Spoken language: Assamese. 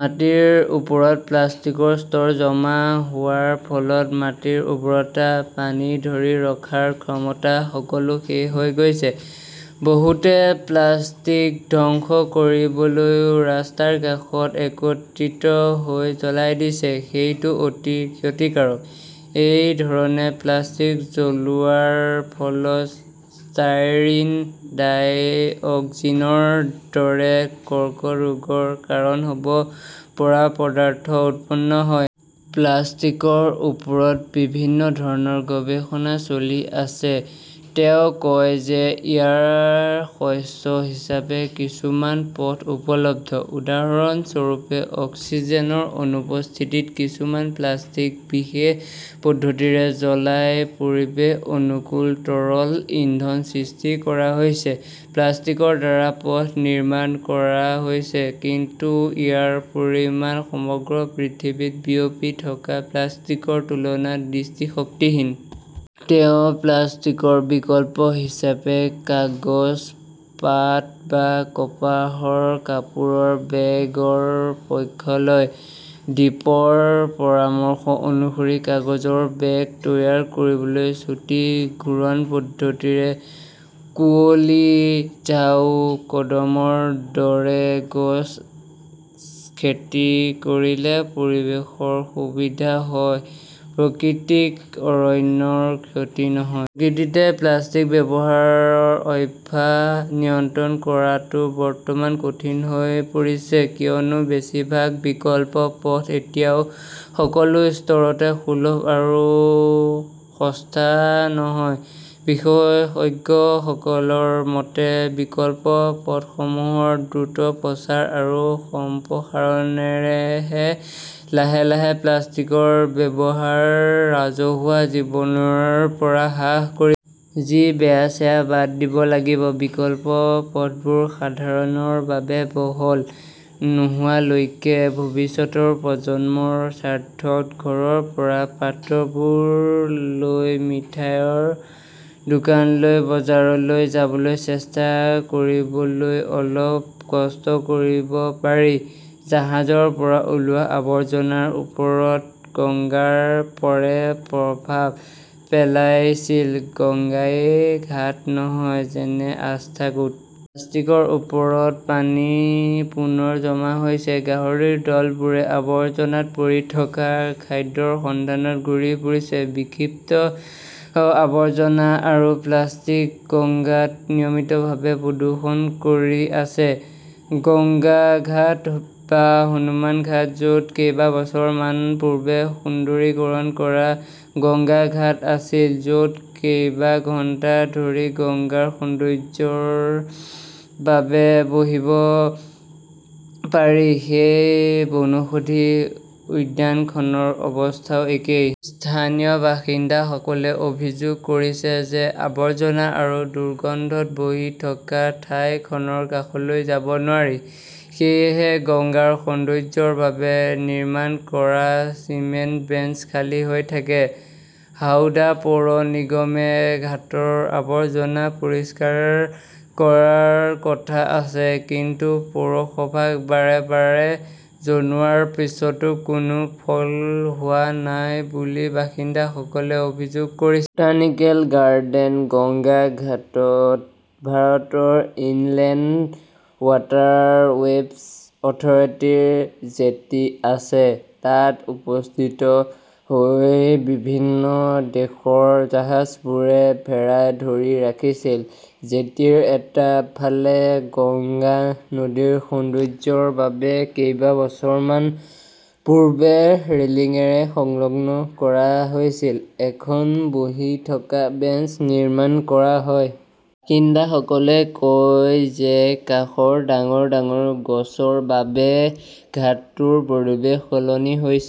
মাটিৰ ওপৰত প্লাষ্টিকৰ স্তৰ জমা হোৱাৰ ফলত মাটিৰ উৰ্বৰতা, পানী ধৰি ৰখাৰ ক্ষমতা সকলো শেষ হৈ গৈছে। বহুতে প্লাষ্টিক ধ্বংস কৰিবলৈ ৰাস্তাৰ কাষত একত্ৰিত হৈ জ্বলাই দিয়ে। সেইটো অতি ক্ষতিকাৰক। এই ধৰণে প্লাষ্টিক জ্বলোৱাৰ ফলত ষ্টাইৰিন, ডাইঅক্সিনৰ দৰে কৰ্কট ৰোগৰ কাৰণ হ'ব পৰা পদাৰ্থ উৎপন্ন হয়। প্লাষ্টিকৰ ওপৰত বিভিন্ন ধৰণৰ গৱেষণা চলি আছে। তেওঁ কয় যে ইয়াৰ শস্য হিচাপে কিছুমান পথ উপলব্ধ। উদাহৰণস্বৰূপে, অক্সিজেনৰ অনুপস্থিতিত কিছুমান প্লাষ্টিক বিশেষ পদ্ধতিৰে জ্বলাই পৰিৱেশ-অনুকূল তৰল ইন্ধন সৃষ্টি কৰা হৈছে, প্লাষ্টিকৰ দ্বাৰা পথ নিৰ্মাণ কৰা হৈছে, কিন্তু ইয়াৰ পৰিমাণ সমগ্ৰ পৃথিৱীত বিয়পি থকা প্লাষ্টিকৰ তুলনাত দৃষ্টিশক্তিহীন। তেওঁ প্লাষ্টিকৰ বিকল্প হিচাপে কাগজ, পাট বা কপাহৰ কাপোৰৰ বেগৰ পক্ষ লয়। দীপৰ পৰামৰ্শ অনুসৰি কাগজৰ বেগ তৈয়াৰ কৰিবলৈ চুটি ঘূৰণ পদ্ধতিৰে কুঁৱলী, ঝাও, কদমৰ দৰে গছ খেতি কৰিলে পৰিৱেশৰ সুবিধা হয়, প্ৰাকৃতিক অৰণ্যৰ ক্ষতি নহয়। গিদৃতে প্লাষ্টিক ব্যৱহাৰৰ অভ্যাস নিয়ন্ত্ৰণ কৰাটো বৰ্তমান কঠিন হৈ পৰিছে কিয়নো বেছিভাগ বিকল্প পথ এতিয়াও সকলো স্তৰতে সুলভ আৰু সস্তা নহয়। বিশেষজ্ঞসকলৰ মতে, বিকল্প পথসমূহৰ দ্ৰুত প্ৰচাৰ আৰু সম্প্ৰসাৰণেহে লাহে -লাহে প্লাষ্টিকৰ ব্যৱহাৰ ৰাজহুৱা জীৱনৰ পৰা হ্ৰাস কৰি। যি বেয়া সেয়া বাদ দিব লাগিব। বিকল্প পথবোৰ সাধাৰণৰ বাবে বহল নোহোৱালৈকে ভৱিষ্যতৰ প্ৰজন্মৰ স্বাৰ্থত ঘৰৰ পৰা পাত্ৰবোৰ লৈ মিঠাইৰ দোকানলৈ, বজাৰলৈ যাবলৈ চেষ্টা কৰিবলৈ অলপ কষ্ট কৰিব পাৰি। জাহাজৰ পৰা ওলোৱা আৱৰ্জনাৰ ওপৰত গংগাৰ পৰে প্ৰভাৱ পেলাইছিল গাঙ্গেয় ঘাট নহয়, যেনে আষ্টাকুড। প্লাষ্টিকৰ ওপৰত পানী পুনৰ জমা হৈছে। গাহৰিৰ দলবোৰে আবৰ্জনাত পৰি থকা খাদ্যৰ সন্ধানত ঘূৰি ফুৰিছে। বিক্ষিপ্ত আৱৰ্জনা আৰু প্লাষ্টিক গঙ্গাত নিয়মিতভাৱে প্ৰদূষণ কৰি আছে। গংগা ঘাট বা হনুমান ঘাট, য 'ত কেইবছৰমান পূৰ্বে সুন্দৰীকৰণ কৰা গংগা ঘাট আছিল, য' ত কেইবা ঘণ্টা ধৰি গংগাৰ সৌন্দৰ্য্যৰ বাবে বহিব পাৰি, সেই বনৌষধি উদ্যানখনৰ অৱস্থাও একেই। স্থানীয় বাসিন্দাসকলে অভিযোগ কৰিছে যে আৱৰ্জনা আৰু দুৰ্গন্ধত বহি থকা ঠাইখনৰ কাষলৈ যাব নোৱাৰি। সেয়েহে গংগাৰ সৌন্দৰ্য্যৰ বাবে নিৰ্মাণ কৰা চিমেণ্ট বেঞ্চ খালী হৈ থাকে। হাওড়া পৌৰ নিগমে ঘাটৰ আৱৰ্জনা পৰিষ্কাৰ কৰাৰ কথা আছে, কিন্তু পৌৰসভাক বাৰে -বাৰে জনোৱাৰ পিছতো কোনো ফল হোৱা নাই বুলি বাসিন্দাসকলে অভিযোগ কৰিছ। বোটানিকেল গাৰ্ডেন গংগা ঘাটত ভাৰতৰ ইনলেণ্ড ৱাটাৰৱেজ অথৰিটিৰ জেটি আছে, তাত উপস্থিত হৈ বিভিন্ন দেশৰ জাহাজবোৰে ভেড়া ধৰি ৰাখিছিল। জেটিৰ এটা ফালে গংগা নদীৰ সৌন্দৰ্য্যৰ বাবে কেইবছৰমান পূৰ্বে ৰেলিংৰে সংলগ্ন কৰা হৈছিল। এখন বহি থকা বেঞ্চ নিৰ্মাণ কৰা হয়। বাসিন্দাসকলে কয় যে কাষৰ ডাঙৰ -ডাঙৰ গছৰ বাবে ঘাটটোৰ পৰিৱেশ সলনি হৈছে।